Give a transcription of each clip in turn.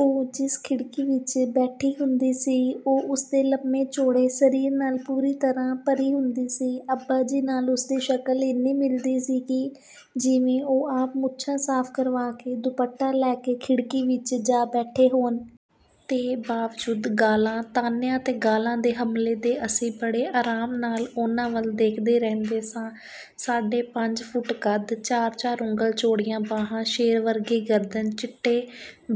ਉਹ ਜਿਸ ਖਿੜਕੀ ਵਿੱਚ ਬੈਠੀ ਹੁੰਦੀ ਸੀ, ਉਹ ਉਸ ਦੇ ਲੰਮੇ-ਚੌੜੇ ਸਰੀਰ ਨਾਲ ਪੂਰੀ ਤਰ੍ਹਾਂ ਭਰੀ ਹੁੰਦੀ ਸੀ। ਅੱਬਾ ਜੀ ਨਾਲ ਉਸ ਦੀ ਸ਼ਕਲ ਇੰਨੀ ਮਿਲਦੀ ਸੀ ਕਿ ਜਿਵੇਂ ਉਹ ਆਪ ਮੁੱਛਾਂ ਸਾਫ਼ ਕਰਵਾ ਕੇ, ਦੁਪੱਟਾ ਲੈ ਕੇ, ਖਿੜਕੀ ਵਿੱਚ ਜਾ ਬੈਠੇ ਹੋਣ। ਤੇ ਬਾਵਜੂਦ ਗਾਲਾਂ, ਤਾਣਿਆਂ ਤੇ ਗਾਲ੍ਹਾਂ ਦੇ ਹਮਲੇ ਦੇ ਅਸੀਂ ਬੜੇ ਆਰਾਮ ਨਾਲ ਉਨ੍ਹਾਂ ਵੱਲ ਦੇਖਦੇ ਰਹਿੰਦੇ ਸਾਂ। ਸਾਢੇ ਪੰਜ ਫੁੱਟ ਕੱਦ, ਚਾਰ-ਚਾਰ ਉਂਗਲ ਚੌੜੀਆਂ ਬਾਹਾਂ, ਸ਼ੇਰ ਵਰਗੀ ਗਰਦਨ, ਚਿੱਟੇ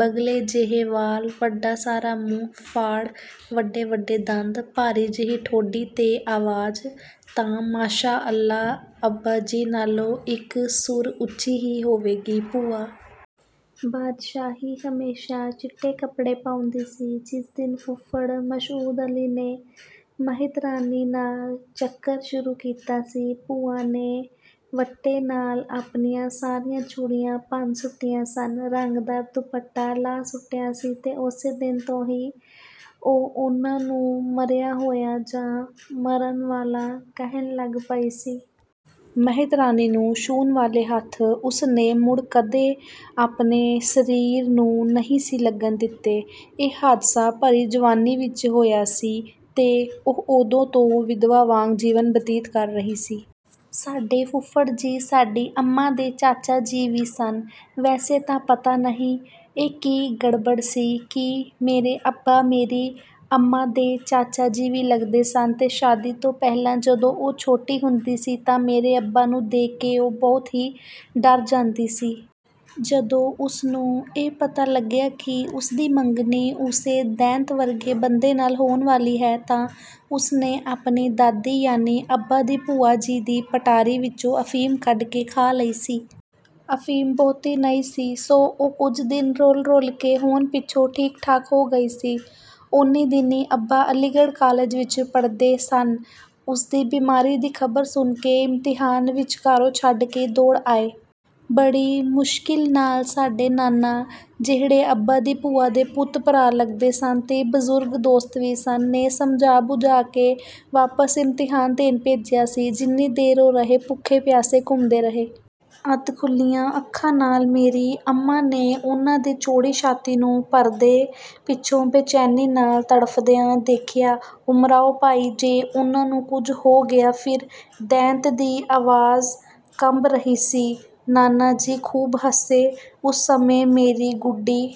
ਬਗਲੇ ਜਿਹੇ ਵਾਲ, ਵੱਡਾ ਸਾਰਾ ਮੂੰਹ-ਫਾੜ, ਵੱਡੇ-ਵੱਡੇ ਦੰਦ, ਭਾਰੀ ਜਿਹੀ ਠੋਡੀ ਤੇ ਆਵਾਜ਼ ਤਾਂ ਮਾਸ਼ਾ ਅੱਲ੍ਹਾ ਅੱਬਾ ਜੀ ਨਾਲੋਂ ਇੱਕ ਸੁਰ ਉੱਚੀ ਹੀ ਹੋਵੇਗੀ। ਭੂਆ ਬਾਦਸ਼ਾਹੀ ਹਮੇਸ਼ਾ ਚਿੱਟੇ ਕੱਪੜੇ ਪਾਉਂਦੀ ਸੀ। ਜਿਸ ਦਿਨ ਫੁੱਫੜ ਮਸਊਦ ਅਲੀ ਨੇ ਮਹਿਤਰਾਣੀ ਨਾਲ ਚੱਕਰ ਸ਼ੁਰੂ ਕੀਤਾ ਸੀ, ਭੂਆ ਨੇ ਵੱਟੇ ਨਾਲ ਆਪਣੀਆਂ ਸਾਰੀਆਂ ਚੂੜੀਆਂ ਭੰਨ ਸੁੱਟੀਆਂ ਸਨ। ਰੰਗਦਾਰ ਦੁਪੱਟਾ ਲਾਹ ਸੁੱਟਿਆ ਸੀ ਤੇ ਉਸੇ ਦਿਨ ਤੋਂ ਉਹ ਉਨ੍ਹਾਂ ਨੂੰ ਮਰਿਆ ਹੋਇਆ ਜਾਂ 'ਮਰਨ ਵਾਲਾ' ਕਹਿਣ ਲੱਗ ਪਈ ਸੀ। ਮਹਿਤਰਾਣੀ ਨੂੰ ਛੂਹਣ ਵਾਲੇ ਹੱਥ ਉਸ ਨੇ ਮੁੜ ਕਦੇ ਆਪਣੇ ਸਰੀਰ ਨੂੰ ਨਹੀਂ ਸੀ ਲੱਗਣ ਦਿੱਤੇ। ਇਹ ਹਾਦਸਾ ਭਰੀ ਜਵਾਨੀ ਵਿੱਚ ਹੋਇਆ ਸੀ ਤੇ ਉਹ ਉਦੋਂ ਤੋਂ ਵਿਧਵਾ ਵਾਂਗ ਜੀਵਨ ਬਤੀਤ ਕਰ ਰਹੀ ਸੀ। ਸਾਡੇ ਫੁੱਫੜ ਜੀ, ਸਾਡੀ ਅੰਮਾਂ ਦੇ ਚਾਚਾ ਜੀ ਵੀ ਸਨ। ਵੈਸੇ ਤਾਂ ਪਤਾ ਨਹੀਂ ਇਹ ਕੀ ਗੜਬੜ ਸੀ ਕਿ ਮੇਰੇ ਅੱਬਾ ਮੇਰੀ ਅੰਮਾਂ ਦੇ ਚਾਚਾ ਜੀ ਵੀ ਲੱਗਦੇ ਸਨ ਤੇ ਸ਼ਾਦੀ ਤੋਂ ਪਹਿਲਾਂ ਜਦੋਂ ਉਹ ਛੋਟੀ ਹੁੰਦੀ ਸੀ ਤਾਂ ਮੇਰੇ ਅੱਬਾ ਨੂੰ ਦੇਖ ਕੇ ਉਹ ਬਹੁਤ ਹੀ ਡਰ ਜਾਂਦੀ ਸੀ। ਜਦੋਂ ਉਸ ਨੂੰ ਇਹ ਪਤਾ ਲੱਗਿਆ ਕਿ ਉਸ ਦੀ ਮੰਗਣੀ ਉਸੇ ਦੈਂਤ ਵਰਗੇ ਬੰਦੇ ਨਾਲ ਹੋਣ ਵਾਲੀ ਹੈ ਤਾਂ ਉਸ ਨੇ ਆਪਣੀ ਦਾਦੀ ਯਾਨੀ ਅੱਬਾ ਦੀ ਭੂਆ ਜੀ ਦੀ ਪਟਾਰੀ ਵਿੱਚੋਂ ਅਫ਼ੀਮ ਕੱਢ ਕੇ ਖਾ ਲਈ ਸੀ। ਅਫ਼ੀਮ ਬਹੁਤੀ ਨਹੀਂ ਸੀ ਸੋ ਉਹ ਕੁਝ ਦਿਨ ਰੋਲ-ਰੋਲ ਕੇ ਹੋਣ ਪਿੱਛੋਂ ਠੀਕ-ਠਾਕ ਹੋ ਗਈ ਸੀ। ਉਹਨੀਂ ਦਿਨੀਂ ਅੱਬਾ ਅਲੀਗੜ੍ਹ ਕਾਲਜ ਵਿੱਚ ਪੜ੍ਹਦੇ ਸਨ। ਉਸਦੀ ਬਿਮਾਰੀ ਦੀ ਖ਼ਬਰ ਸੁਣ ਕੇ ਇਮਤਿਹਾਨ ਵਿਚਕਾਰੋਂ ਛੱਡ ਕੇ ਦੌੜ ਆਏ। ਬੜੀ ਮੁਸ਼ਕਿਲ ਨਾਲ ਸਾਡੇ ਨਾਨਾ, ਜਿਹੜੇ ਅੱਬਾ ਦੀ ਭੂਆ ਦੇ ਪੁੱਤ-ਭਰਾ ਲੱਗਦੇ ਸਨ ਤੇ ਬਜ਼ੁਰਗ ਦੋਸਤ ਵੀ ਸਨ, ਨੇ ਸਮਝਾ-ਬੁਝਾ ਕੇ ਵਾਪਸ ਇਮਤਿਹਾਨ ਦੇਣ ਭੇਜਿਆ ਸੀ। ਜਿੰਨੀ ਦੇਰ ਉਹ ਰਹੇ, ਭੁੱਖੇ ਪਿਆਸੇ ਘੁੰਮਦੇ ਰਹੇ। ਅੱਧ-ਖੁੱਲ੍ਹੀਆਂ ਅੱਖਾਂ ਨਾਲ ਮੇਰੀ ਅੰਮਾਂ ਨੇ ਉਨ੍ਹਾਂ ਦੀ ਚੌੜੀ ਛਾਤੀ ਨੂੰ ਪਰਦੇ ਪਿੱਛੋਂ ਬੇਚੈਨੀ ਨਾਲ ਤੜਫ਼ਦਿਆਂ ਦੇਖਿਆ। ''ਉਮਰਾਓ ਭਾਈ ਜੇ ਉਨ੍ਹਾਂ ਨੂੰ ਕੁਝ ਹੋ ਗਿਆ ਫਿਰ,'' ਦੈਂਤ ਦੀ ਆਵਾਜ਼ ਕੰਬ ਰਹੀ ਸੀ। ਨਾਨਾ ਜੀ ਖੂਬ ਹੱਸੇ। ਉਸ ਸਮੇਂ ਮੇਰੀ ਗੁੱਡੀ